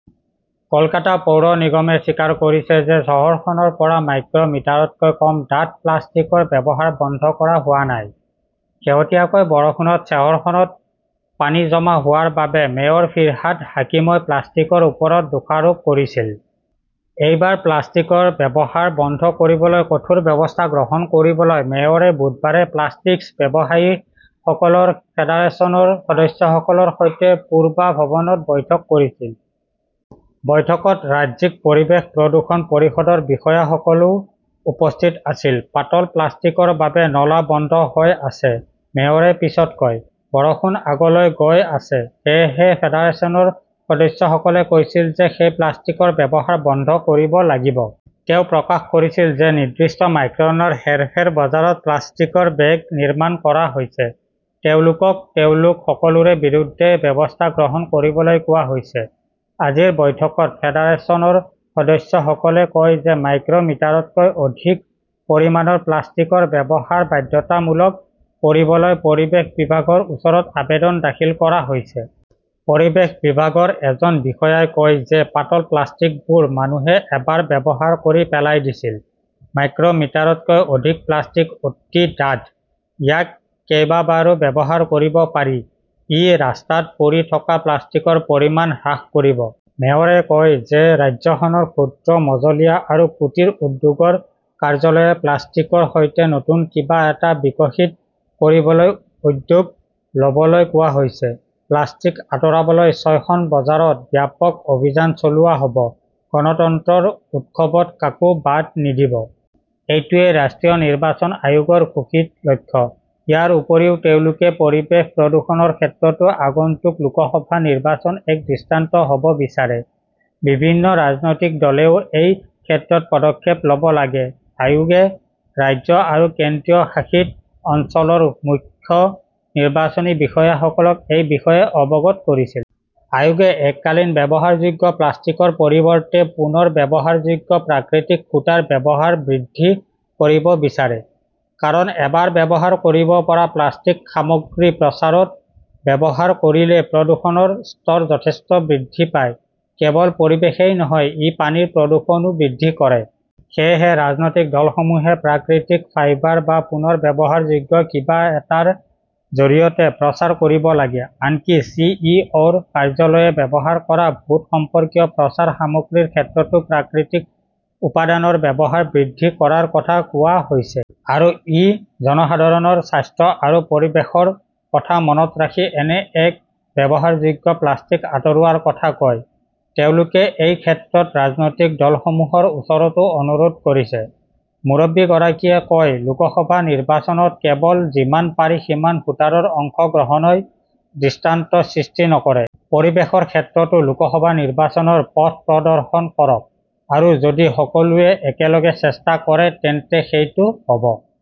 কলকাতা পৌৰ নিগমে স্বীকাৰ কৰিছে যে চহৰখনৰ পৰা মাইক্ৰ "মিটাৰতকৈ কম ডাঠ প্লাষ্টিকৰ ব্যৱহাৰ বন্ধ কৰা হোৱা নাই। শেহতীয়াকৈ বৰষুণত চহৰখনত পানী জমা হোৱাৰ বাবে মেয়ৰ ফিৰহাদ হাকিমই প্লাষ্টিকৰ ওপৰত দোষাৰোপ কৰিছিল। এইবাৰ প্লাষ্টিকৰ ব্যৱহাৰ বন্ধ কৰিবলৈ কঠোৰ ব্যৱস্থা গ্ৰহণ কৰিবলৈ মেয়ৰে বুধবাৰে প্লাষ্টিক্স ব্যৱসায়ীসকলৰ ফেডাৰেচনৰ সদস্যসকলৰ সৈতে পূৰ্বাভৱনত বৈঠক কৰিছিল। বৈঠকত ৰাজ্যিক পৰিৱেশ প্ৰদূষণ পৰিষদৰ বিষয়াসকলও উপস্থিত আছিল। "পাতল প্লাষ্টিকৰ বাবে নলা বন্ধ হৈ আছে", মেয়ৰে পিছত কয়। বৰষুণ আগলৈ গৈ আছে। সেয়েহে ফেডাৰেচনৰ সদস্যসকলে কৈছিল যে সেই প্লাষ্টিকৰ ব্যৱহাৰ বন্ধ কৰিব লাগিব। তেওঁ প্ৰকাশ কৰিছিল যে, নিৰ্দিষ্ট মাইক্ৰনৰ হেৰফেৰ বজাৰত প্লাষ্টিকৰ বেগ নিৰ্মাণ কৰা হৈছে। তেওঁলোকক তেওঁলোক সকলোৰে বিৰুদ্ধে ব্যৱস্থা গ্ৰহণ কৰিবলৈ কোৱা হৈছে। আজিৰ বৈঠকত ফেডাৰেচনৰ সদস্যসকলে কয় যে, মাইক্ৰ মিটাৰতকৈ অধিক পৰিমাণৰ প্লাষ্টিকৰ ব্যৱহাৰ বাধ্যতামূলক কৰিবলৈ পৰিৱেশ বিভাগৰ ওচৰত আবেদন দাখিল কৰা হৈছে। পৰিৱেশ বিভাগৰ এজন বিষয়াই কয় যে, পাতল প্লাষ্টিকবোৰ মানুহে এবাৰ ব্যৱহাৰ কৰি পেলাই দিছিল। মাইক্ৰ "মিটাৰতকৈ অধিক প্লাষ্টিক অতি ডাঠ। ইয়াক কেইবাবাৰো ব্যৱহাৰ কৰিব পাৰি। ই ৰাস্তাত পৰি থকা প্লাষ্টিকৰ পৰিমাণ হ্ৰাস কৰিব। মেয়ৰে কয় যে ৰাজ্যখনৰ ক্ষুদ্ৰ, মজলীয়া আৰু কুটিৰ উদ্যোগৰ কাৰ্যালয়ে প্লাষ্টিকৰ সৈতে নতুন কিবা এটা বিকশিত কৰিবলৈ উদ্যোগ ল'বলৈ কোৱা হৈছে। প্লাষ্টিক আঁতৰাবলৈ ছয়খন বজাৰত ব্যাপক অভিযান চলোৱা হ'ব গণতন্ত্ৰৰ উৎসৱত কাকো বাদ নিদিব। এইটোৱেই ৰাষ্ট্ৰীয় নিৰ্বাচন আয়োগৰ ঘোষিত লক্ষ্য। ইয়াৰ উপৰিও তেওঁলোকে পৰিৱেশ প্ৰদূষণৰ ক্ষেত্ৰতো আগন্তুক লোকসভা নিৰ্বাচন এক দৃষ্টান্ত হ'ব বিচাৰে। বিভিন্ন ৰাজনৈতিক দলেও এই ক্ষেত্ৰত পদক্ষেপ ল'ব লাগে। আয়োগে ৰাজ্য আৰু কেন্দ্ৰীয় শাসিত অঞ্চলৰ মুখ্য নিৰ্বাচনী বিষয়াসকলক এই বিষয়ে অৱগত কৰিছিল। আয়োগে এককালীন ব্যৱহাৰযোগ্য প্লাষ্টিকৰ পৰিৱৰ্তে পুনৰ্ব্যৱহাৰযোগ্য, প্ৰাকৃতিক সূতাৰ ব্যৱহাৰ বৃদ্ধি কৰিব বিচাৰে। কাৰণ, এবাৰ ব্যৱহাৰ কৰিব পৰা প্লাষ্টিক সামগ্ৰী প্ৰচাৰত ব্যৱহাৰ কৰিলে প্ৰদূষণৰ স্তৰ যথেষ্ট বৃদ্ধি পায়। কেৱল পৰিৱেশই নহয়, ই পানীৰ প্ৰদূষণও বৃদ্ধি কৰে। সেয়েহে ৰাজনৈতিক দলসমূহে প্ৰাকৃতিক ফাইবাৰ বা পুনৰ্ব্যৱহাৰযোগ্য কিবা এটাৰ জৰিয়তে প্ৰচাৰ কৰিব লাগে। আনকি চি. ই. অ '. -ৰ কাৰ্যালয়ে ব্যৱহাৰ কৰা ভোট সম্পৰ্কীয় প্ৰচাৰ সামগ্ৰীৰ ক্ষেত্ৰতো প্ৰাকৃতিক উপাদানৰ ব্যৱহাৰ বৃদ্ধি কৰাৰ কথা কোৱা হৈছে। আৰু ই জনসাধাৰণৰ স্বাস্থ্য আৰু পৰিৱেশৰ কথা মনত ৰাখি এনে এক-ব্যৱহাৰযোগ্য প্লাষ্টিক আঁতৰোৱাৰ কথা কয়। তেওঁলোকে এই ক্ষেত্ৰত ৰাজনৈতিক দলসমূহৰ ওচৰতো অনুৰোধ কৰিছে। মুৰব্বীগৰাকীয়ে কয়, লোকসভা নিৰ্বাচনত কেৱল যিমান পাৰি সিমান ভোটাৰৰ অংশগ্ৰহণই দৃষ্টান্ত সৃষ্টি নকৰে। পৰিৱেশৰ ক্ষেত্ৰতো লোকসভা নিৰ্বাচনৰ পথ প্ৰদৰ্শন কৰক। আৰু যদি সকলোৱে একেলগে চেষ্টা কৰে তেন্তে সেইটো হ 'ব।